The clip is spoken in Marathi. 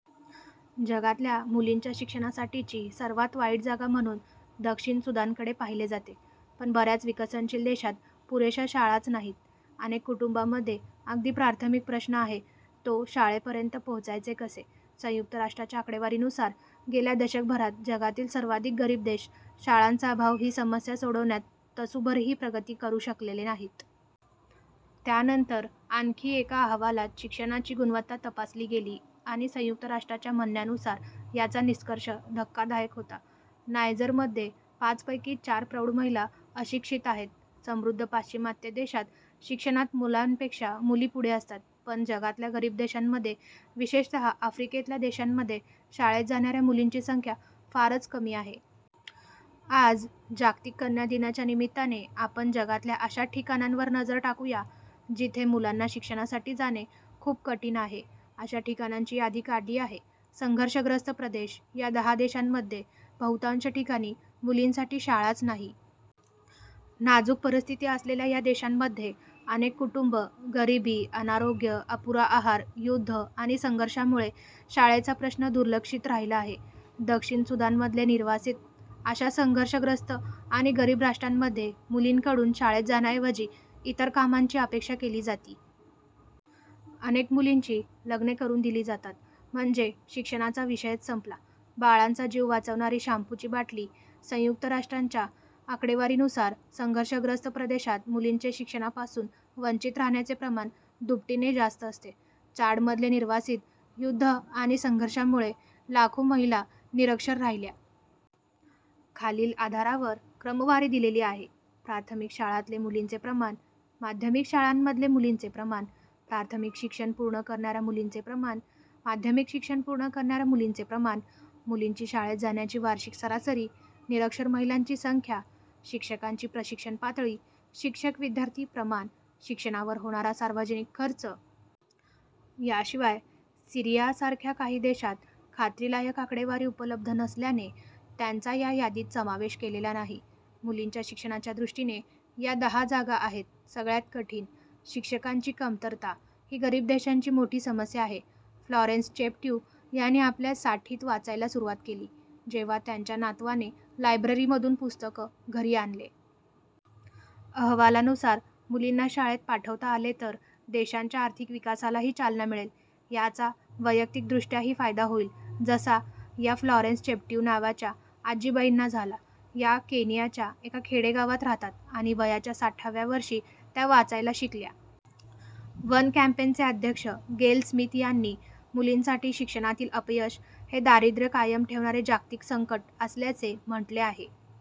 जगातल्या मुलींच्या शिक्षणासाठीची सर्वात वाईट जागा म्हणून दक्षिण सुदानकडे पाहिले जाते, पण बऱ्याच विकसनशील देशांत पुरेशा शाळाच नाहीत. अनेक कुटुंबांमध्ये अगदी प्राथमिक प्रश्न आहे तो, शाळेपर्यंत पोचायचे कसे? संयुक्त राष्ट्रांच्या आकडेवारीनुसार, गेल्या दशकभरात जगातील सर्वाधिक गरीब देश शाळांचा अभाव ही समस्या सोडवण्यात तसूभरही प्रगती करू शकलेले नाहीत. त्यानंतर आणखी एका अहवालात शिक्षणाची गुणवत्ता तपासली गेली आणि संयुक्त राष्ट्रांच्या म्हणण्यानुसार याचा निष्कर्ष धक्कादायक होता. नायजरमध्ये पाचपैकी चार प्रौढ महिला अशिक्षित आहेत. समृद्ध पाश्चिमात्य देशांत शिक्षणात मुलांपेक्षा मुली पुढे असतात. पण जगातल्या गरीब देशांमध्ये विशेषतः आफ्रिकेतल्या देशांमध्ये शाळेत जाणाऱ्या मुलींची संख्या फारच कमी आहे. आज 'जागतिक कन्या दिना'च्या निमित्ताने आपण जगातल्या अशा ठिकाणांवर नजर टाकू या, जिथे मुलांना शिक्षणासाठी जाणे खूप कठीण आहे. अशा ठिकाणांची यादी काढली आहे. संघर्षग्रस्त प्रदेश, या दहा देशांमध्ये बहुतांश ठिकाणी मुलींसाठी शाळाच नाही. नाजुक परिस्थिती असलेल्या या देशांमध्ये, अनेक कुटुंब गरिबी, अनारोग्य, अपुरा आहार, युद्ध आणि संघर्षामुळे शाळेचा प्रश्न दुर्लक्षित राहिला आहे. दक्षिण सुदानमधले निर्वासित अशा संघर्षग्रस्त आणि गरीब राष्ट्रांमध्ये मुलींकडून शाळेत जाण्याऐवजी इतर कामांची अपेक्षा केली जाती. अनेक मुलींची लग्ने करून दिली जातात. म्हणजे शिक्षणाचा विषयच संपला. बाळांचा जीव वाचवणारी शँपूची बाटली - संयुक्त राष्ट्रांच्या आकडेवारीनुसार, संघर्षग्रस्त प्रदेशात मुलींचे शिक्षणापासून वंचित राहण्याचे प्रमाण दुपटीने जास्त असते. चाडमधले निर्वासित: युद्ध आणि संघर्षामुळे लाखो महिला निरक्षर राहिल्या. खालील आधारावर क्रमवारी दिलेली आहे: •प्राथमिक शाळांतले मुलींचे प्रमाण •माध्यमिक शाळांमधले मुलींचे प्रमाण •प्राथमिक शिक्षण पूर्ण करणाऱ्या मुलींचे प्रमाण •माध्यमिक शिक्षण पूर्ण करणाऱ्या मुलींचे प्रमाण •मुलींची शाळेत जाण्याची वार्षिक सरासरी •निरक्षर महिलांची संख्या •शिक्षकांची प्रशिक्षण पातळी •शिक्षक-विद्यार्थी प्रमाण •शिक्षणावर होणारा सार्वजनिक खर्च. याशिवाय, सीरियासारख्या काही देशांत खात्रीलायक आकडेवारी उपलब्ध नसल्याने त्यांचा या यादीत समावेश केलेला नाही. मुलींच्या शिक्षणाच्या दृष्टीने या दहा जागा आहेत सगळ्यात कठीण: शिक्षकांची कमतरता ही गरीब देशांची मोठी समस्या आहे. फ्लॉरेन्स चेप्ट्यू यांनी आपल्या साठीत वाचायला सुरुवात केली, जेव्हा त्यांच्या नातवाने लायब्ररीमधून पुस्तक घरी आणले. अहवालानुसार मुलींना शाळेत पाठवता आले तर देशांच्या आर्थिक विकासालाही चालना मिळेल. याचा वैयक्तिक दृष्ट्याही फायदा होईल जसा या फ्लॉरेन्स चेप्ट्यू नावाच्या आजीबाईंना झाला. या केनियाच्या एका खेडेगावात राहतात आणि वयाच्या साठव्या वर्षी त्या वाचायला शिकल्या. वन कॅम्पेनचे अध्यक्ष गेल स्मिथ यांनी, मुलींसाठी शिक्षणातील अपयश हे 'दारिद्र्य कायम ठेवणारे जागतिक संकट' असल्याचे म्हटले आहे.